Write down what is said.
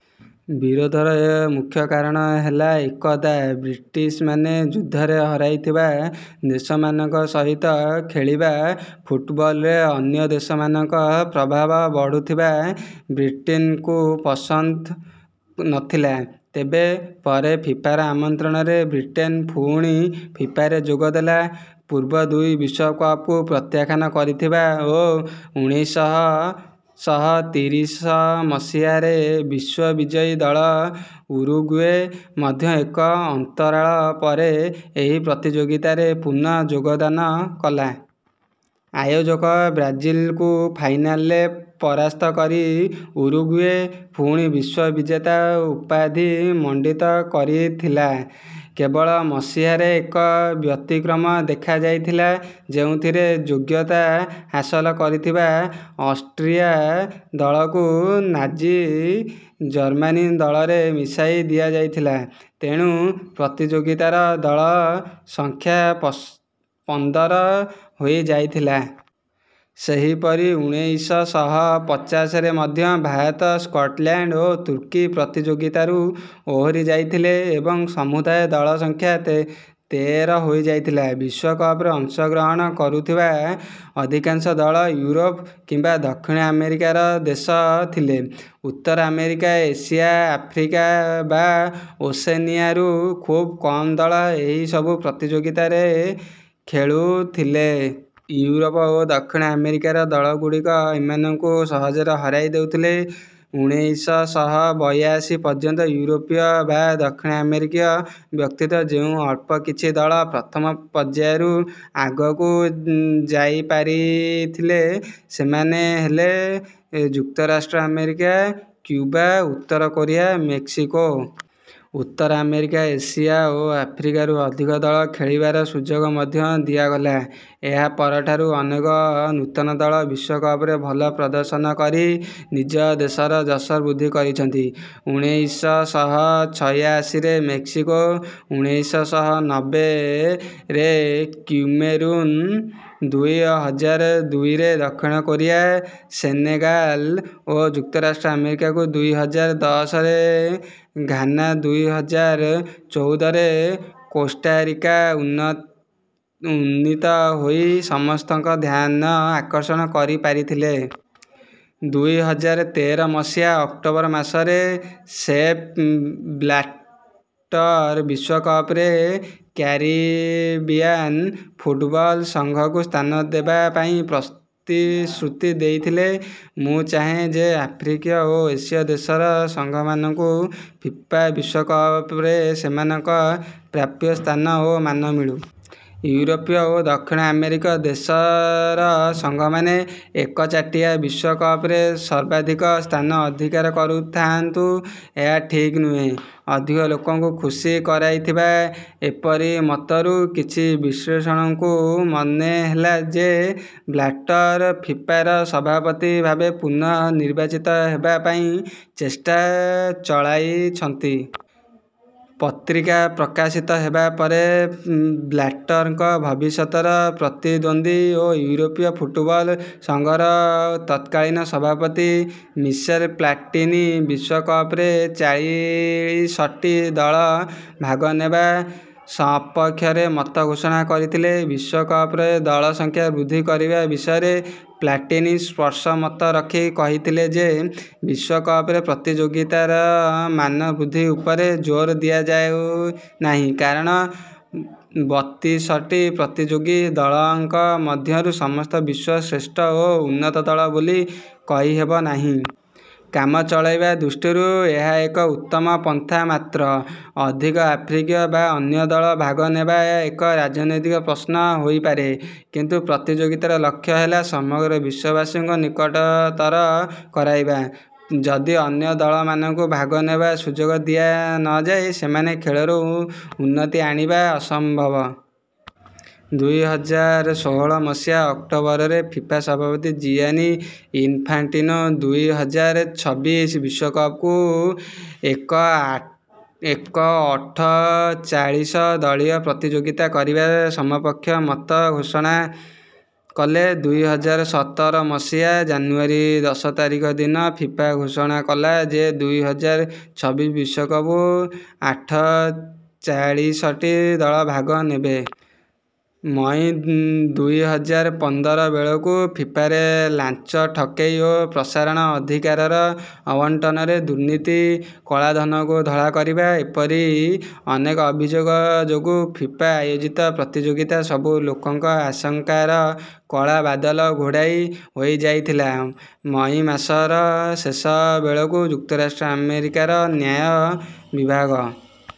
ବିରୋଧର ମୁଖ୍ୟ କାରଣ ହେଲା ଏକଦା ବ୍ରିଟିଶ୍ମାନେ ଯୁଦ୍ଧରେ ହରାଇଥିବା ଦେଶମାନଙ୍କ ସହିତ ଖେଳିବା ଫୁଟବଲରେ ଅନ୍ୟ ଦେଶମାନଙ୍କ ପ୍ରଭାବ ବଢ଼ୁଥିବା ବ୍ରିଟେନ୍କୁ ପସନ୍ଦ ନଥିଲା। ତେବେ ପରେ ଫିଫାର ଆମନ୍ତ୍ରଣରେ ବ୍ରିଟେନ୍ ପୁଣି ଫିଫାରେ ଯୋଗ ଦେଲା। ପୂର୍ବ ଦୁଇ ବିଶ୍ୱକପକୁ ପ୍ରତ୍ୟାଖ୍ୟାନ କରିଥିବା ଓ ଉଣେଇଶଶହ ସହ ତିରିଶ ମସିହାରେ ବିଶ୍ୱବିଜୟୀ ଦଳ ଉରୁଗୁଏ ମଧ୍ୟ ଏକ ଅନ୍ତରାଳ ପରେ ଏହି ପ୍ରତିଯୋଗିତାରେ ପୁନଃ ଯୋଗଦାନ କଲା। ଆୟୋଜକ ବ୍ରାଜିଲ୍କୁ ଫାଇନାଲରେ ପରାସ୍ତ କରି ଉରୁଗୁଏ ପୁଣି ବିଶ୍ୱବିଜେତା ଉପାଧି ମଣ୍ଡିତ କରିଥିଲା। କେବଳ ମସିହାରେ ଏକ ବ୍ୟତିକ୍ରମ ଦେଖାଯାଇଥିଲା ଯେଉଁଥିରେ ଯୋଗ୍ୟତା ହାସଲ କରିଥିବା ଅଷ୍ଟ୍ରିଆ ଦଳକୁ ନାଜି ଜର୍ମାନୀ ଦଳରେ ମିଶାଇ ଦିଆଯାଇଥିଲା। ତେଣୁ ପ୍ରତିଯୋଗିତାର ଦଳ ସଂଖ୍ୟା ପସ୍ ପନ୍ଦର ହୋଇଯାଇଥିଲା। ସେହିପରି ଉଣେଇଶ ଶହ ପଚାଶରେ ମଧ୍ୟ ଭାରତ ସ୍କଟଲ୍ୟାଣ୍ଡ ଓ ତୁର୍କୀ ପ୍ରତିଯୋଗିତାରୁ ଓହରି ଯାଇଥିଲେ ଏବଂ ସମୁଦାୟ ଦଳ ସଂଖ୍ୟା ତେର ହୋଇଯାଇଥିଲା। ବିଶ୍ୱକପରେ ଅଂଶଗ୍ରହଣ କରୁଥିବା ଅଧିକାଂଶ ଦଳ ୟୁରୋପ୍ କିମ୍ବା ଦକ୍ଷିଣ ଆମେରିକାର ଦେଶ ଥିଲେ। ଉତ୍ତର ଆମେରିକା ଏସିଆ ଆଫ୍ରିକା ବା ଓସେନିଆରୁ ଖୁବ୍ କମ୍ ଦଳ ଏହି ସବୁ ପ୍ରତିଯୋଗିତାରେ ଖେଳୁଥିଲେ। ୟୁରୋପ୍ ଓ ଦକ୍ଷିଣ ଆମେରିକାର ଦଳଗୁଡ଼ିକ ଏମାନଙ୍କୁ ସହଜରେ ହରାଇ ଦେଉଥିଲେ। ଉଣେଇଶ ଶହ ବୟାଅଶୀ ପର୍ଯ୍ୟନ୍ତ ୟୁରୋପୀୟ ବା ଦକ୍ଷିଣ ଆମେରିକୀୟ ବ୍ୟତୀତ ଯେଉଁ ଅଳ୍ପ କିଛି ଦଳ ପ୍ରଥମ ପର୍ଯ୍ୟାୟରୁ ଆଗକୁ ଯାଇପାରିଥିଲେ ସେମାନେ ହେଲେ ଯୁକ୍ତରାଷ୍ଟ୍ର ଆମେରିକା କ୍ୟୁବା ଉତ୍ତର କୋରିଆ ମେକ୍ସିକୋ। ଉତ୍ତର ଆମେରିକା ଏସିଆ ଓ ଆଫ୍ରିକାରୁ ଅଧିକ ଦଳ ଖେଳିବାର ସୁଯୋଗ ମଧ୍ୟ ଦିଆଗଲା। ଏହା ପରଠାରୁ ଅନେକ ନୂତନ ଦଳ ବିଶ୍ୱକପରେ ଭଲ ପ୍ରଦର୍ଶନ କରି ନିଜ ଦେଶର ଯଶ ବୃଦ୍ଧି କରିଛନ୍ତି। ଉଣେଇଶ ଶହ ଛୟାଅଶୀରେ ମେକ୍ସିକୋ ଉଣେଇଶ ଶହ ନବେ ରେ କ୍ୟୁମେରୁନ୍ ଦୁଇ ହଜାର ଦୁଇରେ ଦକ୍ଷିଣ କୋରିଆ ସେନେଗାଲ୍ ଓ ଯୁକ୍ତରାଷ୍ଟ୍ର ଆମେରିକାକୁ ଦୁଇ ହଜାର ଦଶରେ ଘାନା ଦୁଇ ହଜାର ଚଉଦରେ କୋଷ୍ଟାରିକା ଉନ୍ନ ଉନ୍ନୀତ ହୋଇ ସମସ୍ତଙ୍କ ଧ୍ୟାନ ଆକର୍ଷଣ କରିପାରିଥିଲେ। ଦୁଇ ହଜାର ତେର ମସିହା ଅକ୍ଟୋବର ମାସରେ ସେପ୍ ବ୍ଲାଟର୍ ବିଶ୍ୱକପରେ କ୍ୟାରିବିଆନ୍ ଫୁଟବଲ୍ ସଂଘକୁ ସ୍ଥାନ ଦେବା ପାଇଁ ପ୍ରତିଶ୍ରୁତି ଦେଇଥିଲେ । ମୁଁ ଚାହେଁ ଯେ ଆଫ୍ରିକୀୟ ଓ ଏସୀୟ ଦେଶର ସଂଘମାନଙ୍କୁ ଫିଫା ବିଶ୍ୱକପରେ ସେମାନଙ୍କ ପ୍ରାପ୍ୟ ସ୍ଥାନ ଓ ମାନ ମିଳୁ । ୟୁରୋପୀୟ ଓ ଦକ୍ଷିଣ ଆମେରିକୀୟ ଦେଶର ସଂଘମାନେ ଏକଚାଟିଆ ବିଶ୍ୱକପରେ ସର୍ବାଧିକ ସ୍ଥାନ ଅଧିକାର କରୁଥାନ୍ତୁ – ଏହା ଠିକ୍ ନୁହେଁ । ଅଧିକ ଲୋକଙ୍କୁ ଖୁସି କରାଇଥିବା ଏପରି ମତରୁ କିଛି ବିଶ୍ଳେଷକଙ୍କୁ ମନେ ହେଲା ଯେ ବ୍ଲାଟର୍ ଫିଫାର ସଭାପତି ଭାବେ ପୁନଃ ନିର୍ବାଚିତ ହେବା ପାଇଁ ଚେଷ୍ଟା ଚଳାଇଛନ୍ତି । ପତ୍ରିକା ପ୍ରକାଶିତ ହେବା ପରେ ବ୍ଲାଟର୍‍ଙ୍କ ଭବିଷ୍ୟତର ପ୍ରତିଦ୍ୱନ୍ଦୀ ଓ ୟୁରୋପୀୟ ଫୁଟବଲ୍ ସଂଘର ତତ୍କାଳୀନ ସଭାପତି ମିସେଲ୍ ପ୍ଲାଟିନି ବିଶ୍ୱକପରେ ଚାଳିଶଟି ଦଳ ଭାଗ ନେବା ସପକ୍ଷରେ ମତ ପୋଷଣ କରିଥିଲେ । ବିଶ୍ୱକପରେ ଦଳ ସଂଖ୍ୟା ବୃଦ୍ଧି କରିବା ବିଷୟରେ ପ୍ଲାଟିନି ସ୍ପଷ ମତ ରଖି କହିଥିଲେ ଯେ ବିଶ୍ୱକପରେ ପ୍ରତିଯୋଗିତାର ମାନ ବୃଦ୍ଧି ଉପରେ ଜୋର ଦିଆଯାଉ ନାହିଁ କାରଣ ବତିଶଟି ପ୍ରତିଯୋଗୀ ଦଳଙ୍କ ମଧ୍ୟରୁ ସମସ୍ତେ ବିଶ୍ୱର ଶ୍ରେଷ୍ଠ ଓ ଉନ୍ନତ ଦଳ ବୋଲି କହିହେବ ନାହିଁ । କାମ ଚଳାଇବା ଦୃଷ୍ଟିରୁ ଏହା ଏକ ଉତ୍ତମ ପନ୍ଥା ମାତ୍ର । ଅଧିକ ଆଫ୍ରିକୀୟ ବା ଅନ୍ୟ ଦଳ ଭାଗ ନେବା ଏକ ରାଜନୈତିକ ପ୍ରଶ୍ନ ହୋଇପାରେ । କିନ୍ତୁ ପ୍ରତିଯୋଗିତାର ଲକ୍ଷ୍ୟ ହେଲା ସମଗ୍ର ବିଶ୍ୱବାସୀଙ୍କୁ ନିକଟତର କରାଇବା । ଯଦି ଅନ୍ୟ ଦଳମାନଙ୍କୁ ଭାଗ ନେବାର ସୁଯୋଗ ଦିଆ ନଯାଏ, ସେମାନଙ୍କ ଖେଳରେ ଉନ୍ନତି ଆଣିବା ଅସମ୍ଭବ । ଦୁଇ ହଜାର ଷୋହଳ ମସିହା ଅକ୍ଟୋବରରେ ଫିଫା ସଭାପତି ଜିଆନି ଇନ୍‍ଫାଣ୍ଟିନୋ ଦୁଇ ହଜାର ଛବିଶ ବିଶ୍ୱକପକୁ ଏକ ଅଠଚାଳିଶ ଦଳୀୟ ପ୍ରତିଯୋଗିତା କରିବା ସପକ୍ଷରେ ମତ ପୋଷଣ କଲେ । ଦୁଇ ହଜାର ସତର ମସିହା ଜାନୁଆରୀ ଦଶ ତାରିଖ ଦିନ ଫିଫା ଘୋଷଣା କଲା ଯେ ଦୁଇ ହଜାର ଛବିଶ ବିଶ୍ୱକପରେ ଅଠଚାଳିଶଟି ଦଳ ଭାଗ ନେବେ । ମଇ ଦୁଇ ହଜାର ପନ୍ଦର ବେଳକୁ ଫିଫାରେ ଲାଞ୍ଚ, ଠକେଇ ଓ ପ୍ରସାରଣ ଅଧିକାରର ଆବଣ୍ଟନରେ ଦୁର୍ନିତି, କଳାଧନକୁ ଧଳା କରିବା – ଏପରି ଅନେକ ଅଭିଯୋଗ ଯୋଗୁଁ ଫିଫା ଆୟୋଜିତ ପ୍ରତିଯୋଗିତା ସବୁ ଲୋକଙ୍କ ଆଶଙ୍କାର କଳା ବାଦଲ ଘୋଡ଼ାଇ ହୋଇଯାଇଥିଲା ମଇ ମାସର ଶେଷ ବେଳକୁ ଯୁକ୍ତରାଷ୍ଟ୍ର ଆମେରିକାର ନ୍ୟାୟ ବିଭାଗ